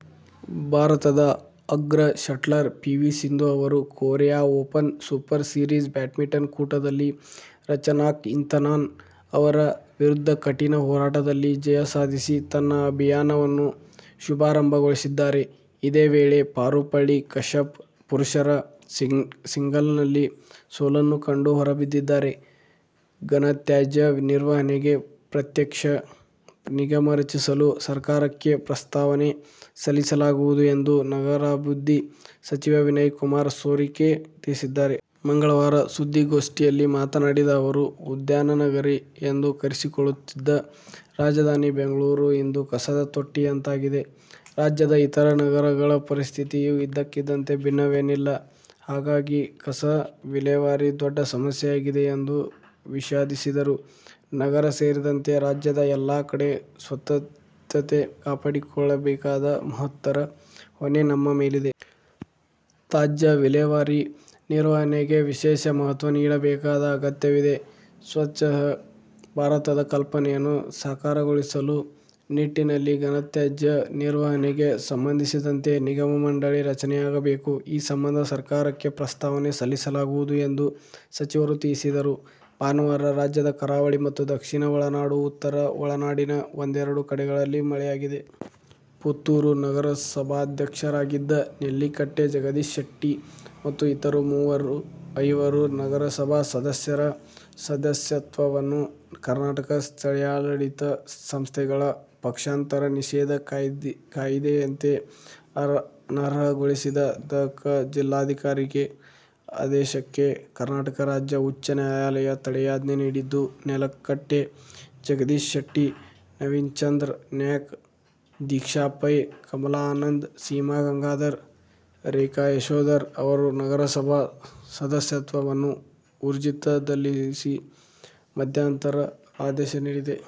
ಭಾರತದ ಅಗ್ರ shuttler PV Sindhu ಅವರು Korea open super series badminton ಕೂಟದಲ್ಲಿ ರಚನಾಕ್ ಇಂತನಾನ್ ಅವರ ವಿರುದ್ಧ ಕಠಿನ ಹೋರಾಟದಲ್ಲಿ ಜಯ ಸಾಧಿಸಿ ತನ್ನ ಅಭಿಯಾನವನ್ನು ಶುಭಾರಂಭಗೊಳಿಸಿದ್ದಾರೆ. ಇದೇ ವೇಳೆ ಪಾರುಪಳ್ಳಿ ಕಶ್ಯಪ್ ಪುರುಷರ ಸಿಂಗಲ್ಸ್ನಲ್ಲಿ ಸೋಲನ್ನು ಕಂಡು ಹೊರಬಿದ್ದಿದ್ದಾರೆ. ಘನತ್ಯಾಜ್ಯ ನಿರ್ವಹಣೆಗೆ ಪ್ರತ್ಯೇಕ ನಿಗಮ ರಚಿಸಲು ಸರಕಾರಕ್ಕೆ ಪ್ರಸ್ತಾವನೆ ಸಲ್ಲಿಸಲಾಗುವುದು ಎಂದು ನಗರಾಭಿವೃದ್ಧಿ ಸಚಿವ ವಿನಯಕುಮಾರ ಸೊರಕೆ ತಿಳಿಸಿದ್ದಾರೆ. ಮಂಗಳವಾರ ಸುದ್ದಿಗೋಷ್ಠಿಯಲ್ಲಿ ಮಾತನಾಡಿದ ಅವರು, ಉದ್ಯಾನ ನಗರಿ ಎಂದು ಕರೆಸಿಕೊಳ್ಳುತ್ತಿದ್ದ ರಾಜಧಾನಿ ಬೆಂಗಳೂರು ಇಂದು ಕಸದ ತೊಟ್ಟಿಯಂತಾಗಿದೆ. ರಾಜ್ಯದ ಇತರ ನಗರಗಳ ಪರಿಸ್ಥಿತಿಯೂ ಇದಕ್ಕಿಂತ ಭಿನ್ನವೇನಿಲ್ಲ. ಹಾಗಾಗಿ ಕಸ ವಿಲೇವಾರಿ ದೊಡ್ಡ ಸಮಸ್ಯೆಯಾಗಿದೆ ಎಂದು ವಿಷಾದಿಸಿದರು. ನಗರ ಸೇರಿದಂತೆ ರಾಜ್ಯದ ಎಲ್ಲಾ ಕಡೆ ಸ್ವತ್ಛತೆ ಕಾಪಾಡಿಕೊಳ್ಳಬೇಕಾದ ಮಹತ್ತರ ಹೊಣೆ ನಮ್ಮ ಮೇಲಿದೆ. ತಾಜ್ಯ ವಿಲೇವಾರಿ, ನಿರ್ವಹಣೆಗೆ ವಿಶೇಷ ಮಹತ್ವ ನೀಡಬೇಕಾದ ಅಗತ್ಯವಿದೆ. "ಸ್ವತ್ಛ ಭಾರತ'ದ ಕಲ್ಪನೆಯನ್ನು ಸಾಕಾರಗೊಳಿಸುವ ನಿಟ್ಟಿನಲ್ಲಿ ಘನತ್ಯಾಜ್ಯ ನಿರ್ವಹಣೆಗೆ ಸಂಬಂಧಿಸಿದಂತೆ ನಿಗಮ- ಮಂಡಳಿ ರಚನೆಯಾಗಬೇಕು. ಈ ಸಂಬಂಧ ಸರಕಾರಕ್ಕೆ ಪ್ರಸ್ತಾವನೆ ಸಲ್ಲಿಸಲಾಗುವುದು ಎಂದು ಸಚಿವರು ತಿಳಿಸಿದರು. ಭಾನುವಾರ ರಾಜ್ಯದ ಕರಾವಳಿ ಮತ್ತು ದಕ್ಷಿಣ ಒಳನಾಡು, ಉತ್ತರ ಒಳನಾಡಿನ ಒಂದೆರಡು ಕಡೆಗಳಲ್ಲಿ ಮಳೆಯಾಗಿದೆ. ಪುತ್ತೂರು ನಗರಸಭಾಧ್ಯಕ್ಷರಾಗಿದ್ದ ನೆಲ್ಲಿಕಟ್ಟೆ ಜಗದೀಶ ಶೆಟ್ಟಿ ಮತ್ತು ಇತರ ಐವರು ನಗರಸಭಾ ಸದಸ್ಯರ ಸದಸ್ಯತ್ವವನ್ನು ಕರ್ನಾಟಕ ಸ್ಥಳೀಯಾಡಳಿತ ಸಂಸ್ಥೆಗಳ ಪಕ್ಷಾಂತರ ನಿಷೇಧ ಕಾಯಿದೆಯಂತೆ ಅನರ್ಹಗೊಳಿಸಿದ ದ. ಕ. ಜಿಲ್ಲಾಧಿಕಾರಿಗಳ ಆದೇಶಕ್ಕೆ ಕರ್ನಾಟಕ ರಾಜ್ಯ ಉಚ್ಚ ನ್ಯಾಯಾಲಯ ತಡೆಯಾಜ್ಞೆ ನೀಡಿದ್ದು, ನೆಲ್ಲಕಟ್ಟೆ ಜಗದೀಶ ಶೆಟ್ಟಿ, ನವೀನ್ಚಂದ್ರ ನಾೖಕ್, ದೀಕ್ಷಾ ಪೈ, ಕಮಲಾ ಆನಂದ, ಸೀಮಾ ಗಂಗಾಧರ, ರೇಖಾ ಯಶೋಧರ ಅವರ ನಗರಸಭಾ ಸದಸ್ಯತ್ವವನ್ನು ಊರ್ಜಿತದಲ್ಲಿರಿಸಿ ಮಧ್ಯಾಂತರ ಆದೇಶ ನೀಡಿದೆ.